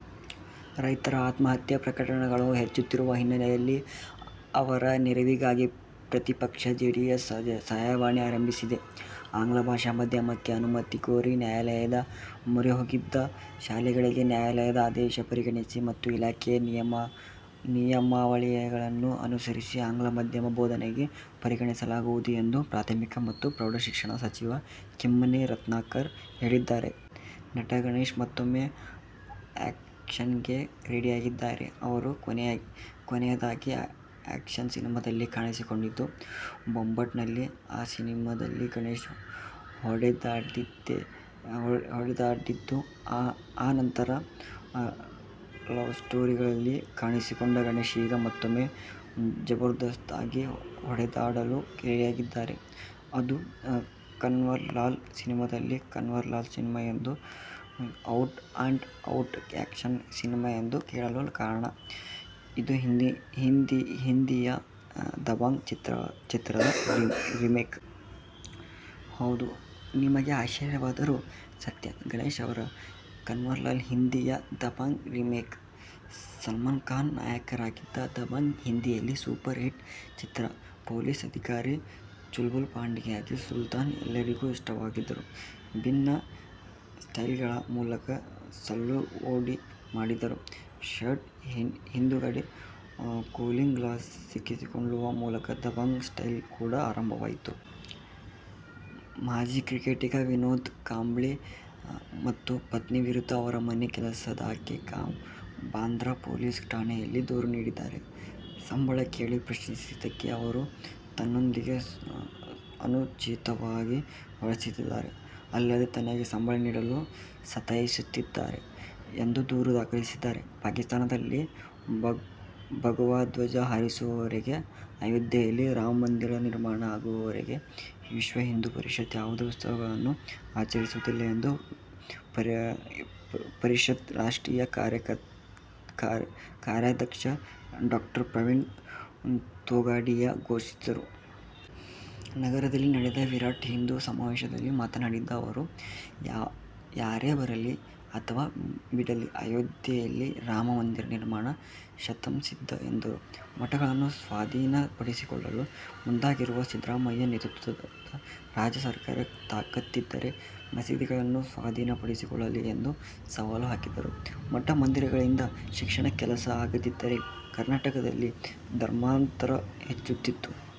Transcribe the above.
ರೈತರ ಆತ್ಮಹತ್ಯೆ ಪ್ರಕರಣಗಳು ಹೆಚ್ಚುತ್ತಿರುವ ಹಿನ್ನೆಲೆಯಲ್ಲಿ ಅವರ ನೆರವಿಗಾಗಿ ಪ್ರತಿಪಕ್ಷ ಜೆಡಿಎಸ್ ಸಹಾಯವಾಣಿ ಆರಂಭಿಸಿದೆ. ಆಂಗ್ಲ ಭಾಷಾ ಮಾಧ್ಯಮಕ್ಕೆ ಅನುಮತಿ ಕೋರಿ ನ್ಯಾಯಾಲಯದ ಮೊರೆಹೋಗಿದ್ದ ಶಾಲೆಗಳಿಗೆ ನ್ಯಾಯಾಲಯದ ಆದೇಶ ಪರಿಗಣಿಸಿ ಮತ್ತು ಇಲಾಖೆಯ ನಿಯಮಾವಳಿಗಳನ್ನೂ ಅನುಸರಿಸಿ ಆಂಗ್ಲ ಮಾಧ್ಯಮ ಬೋಧನೆಗೆ ಪರಿಗಣಿಸಲಾಗುವುದು ಎಂದು ಪ್ರಾಥಮಿಕ ಮತ್ತು ಪ್ರೌಢ ಶಿಕ್ಷಣ ಸಚಿವ ಕಿಮ್ಮನೆ ರತ್ನಾಕರ ಹೇಳಿದ್ದಾರೆ. ನಟ ಗಣೇಶ್ ಮತ್ತೂಮ್ಮೆ ಆ್ಯಕ್ಷನ್ಗೆ ರೆಡಿಯಾಗಿದ್ದಾರೆ. ಅವರು ಕೊನೆಯದಾಗಿ ಆ್ಯಕ್ಷನ್ ಸಿನಿಮಾದಲ್ಲಿ ಕಾಣಿಸಿಕೊಂಡಿದ್ದು "ಬೊಂಬಾಟ್'ನಲ್ಲಿ. ಆ ಸಿನಿಮಾದಲ್ಲಿ ಗಣೇಶ್ ಹೊಡೆದಾಡಿದ್ದೇ ಹೊಡೆದಾಡಿದ್ದು. ಆ ನಂತರ ಲವ್ಸ್ಟೋರಿಗಳಲ್ಲೇ ಕಾಣಿಸಿಕೊಂಡ ಗಣೇಶ್ ಈಗ ಮತ್ತೂಮ್ಮೆ ಜಬರ್ದಸ್ತ್ ಆಗಿ ಹೊಡೆದಾಡಲು ರೆಡಿಯಾಗಿದ್ದಾರೆ. ಅದು "ಕನ್ವರ್ಲಾಲ್' ಸಿನಿಮಾದಲ್ಲಿ. "ಕನ್ವರ್ಲಾಲ್' ಸಿನಿಮಾ ಒಂದು out and out action cinema ಎಂದು ಹೇಳಲು ಕಾರಣ, ಇದು ಹಿಂದಿಯ "ದಭಾಂಗ್' ಚಿತ್ರದ ರೀಮೇಕ್. ಹೌದು, ನಿಮಗೆ ಆಶ್ವರ್ಯವಾದರೂ ಸತ್ಯ. ಗಣೇಶ್ ಅವರ "ಕನ್ವರ್ಲಾಲ್' ಹಿಂದಿಯ "ದಭಾಂಗ್' ರೀಮೇಕ್. ಸಲ್ಮಾನ್ ಖಾನ್ ನಾಯಕರಾಗಿದ್ದ "ದಭಾಂಗ್' ಹಿಂದಿಯಲ್ಲಿ ಸೂಪರ್ ಹಿಟ್ ಚಿತ್ರ. ಪೊಲೀಸ್ ಅಧಿಕಾರಿ ಚುಲ್ಬುಲ್ ಪಾಂಡೆಯಾಗಿ ಸಲ್ಮಾನ್ ಎಲ್ಲರಿಗೂ ಇಷ್ಟವಾಗಿದ್ದರು. ಭಿನ್ನ ಸ್ಟೈಲ್ಗಳ ಮೂಲಕ ಸಲ್ಲು ಮೋಡಿ ಮಾಡಿದ್ದರು. ಶರ್ಟ್ ಹಿಂದುಗಡೆ ಕೂಲಿಂಗ್ ಗ್ಲಾಸ್ ಸಿಕ್ಕಿಸಿಕೊಳ್ಳುವ ಮೂಲಕ "ದಭಾಂಗ್ ಸ್ಟೈಲ್' ಕೂಡಾ ಆರಂಭವಾಯಿತು. ಮಾಜಿ ಕ್ರಿಕೆಟಿಗ ವಿನೋದ್ ಕಾಂಬ್ಳಿ ಮತ್ತು ಪತ್ನಿ ವಿರುದ್ಧ ಅವರ ಮನೆ ಕೆಲಸದಾಕೆ ಬಾಂದ್ರಾ ಪೊಲೀಸ್ ಠಾಣೆಯಲ್ಲಿ ದೂರು ನೀಡಿದ್ದಾರೆ. ಸಂಬಳ ಕೇಳಿ ಪ್ರಶ್ನಿಸಿದ್ದಕ್ಕೆ ಅವರು ತನ್ನೊಂದಿಗೆ ಅನುಚಿತವಾಗಿ ವರ್ತಿಸಿದ್ದಾರೆ, ಅಲ್ಲದೆ ತನಗೆ ಸಂಬಳ ನೀಡಲು ಸತಾಯಿಸುತ್ತಿದ್ದಾರೆ ಎಂದು ದೂರು ದಾಖಲಿಸಿದ್ದಾರೆ. ಪಾಕಿಸ್ತಾನದಲ್ಲಿ ಭಗವಾಧ್ವಜ ಹಾರಿಸುವವರೆಗೆ, ಅಯೋಧ್ಯೆಯಲ್ಲಿ ರಾಮಮಂದಿರ ನಿರ್ಮಾಣ ಆಗುವವರೆಗೆ ವಿಶ್ವ ಹಿಂದು ಪರಿಷತ್ ಯಾವುದೇ ಉತ್ಸವಗಳನ್ನು ಆಚರಿಸುವುದಿಲ್ಲ ಎಂದು ಪರಿಷತ್ ರಾಷ್ಟ್ರೀಯ ಕಾರ್ಯಾಧ್ಯಕ್ಷ ಡಾ ಪ್ರವೀಣ ತೊಗಾಡಿಯಾ ಘೋಷಿಸಿದರು. ನಗರದಲ್ಲಿ ನಡೆದ ವಿರಾಟ್ ಹಿಂದು ಸಮಾವೇಶದಲ್ಲಿ ಮಾತನಾಡಿದ ಅವರು, ಯಾರೇ ಬಯಸಲಿ ಅಥವಾ ಬಿಡಲಿ ಅಯೋಧ್ಯೆಯಲ್ಲಿ ರಾಮ ಮಂದಿರ ನಿರ್ಮಾಣ ಶತಃಸಿದ್ಧ ಎಂದರು. ಮಠಗಳನ್ನು ಸ್ವಾಧೀನ ಪಡಿಸಿಕೊಳ್ಳಲು ಮುಂದಾಗಿರುವ ಸಿದ್ದರಾಮಯ್ಯ ನೇತೃತ್ವದ ರಾಜ್ಯ ಸರ್ಕಾರ ತಾಕತ್ತಿದ್ದರೆ ಮಸೀದಿಗಳನ್ನು ಸ್ವಾಧೀನಪಡಿಸಿಕೊಳ್ಳಲಿ ಎಂದು ಸವಾಲು ಹಾಕಿದರು. ಮಠ-ಮಂದಿರಗಳಿಂದ ಶಿಕ್ಷಣದ ಕೆಲಸ ಆಗಿರದಿದ್ದರೆ ಕರ್ನಾಟಕದಲ್ಲಿ ಧರ್ಮಾಂತರ ಹೆಚ್ಚುತ್ತಿತ್ತು.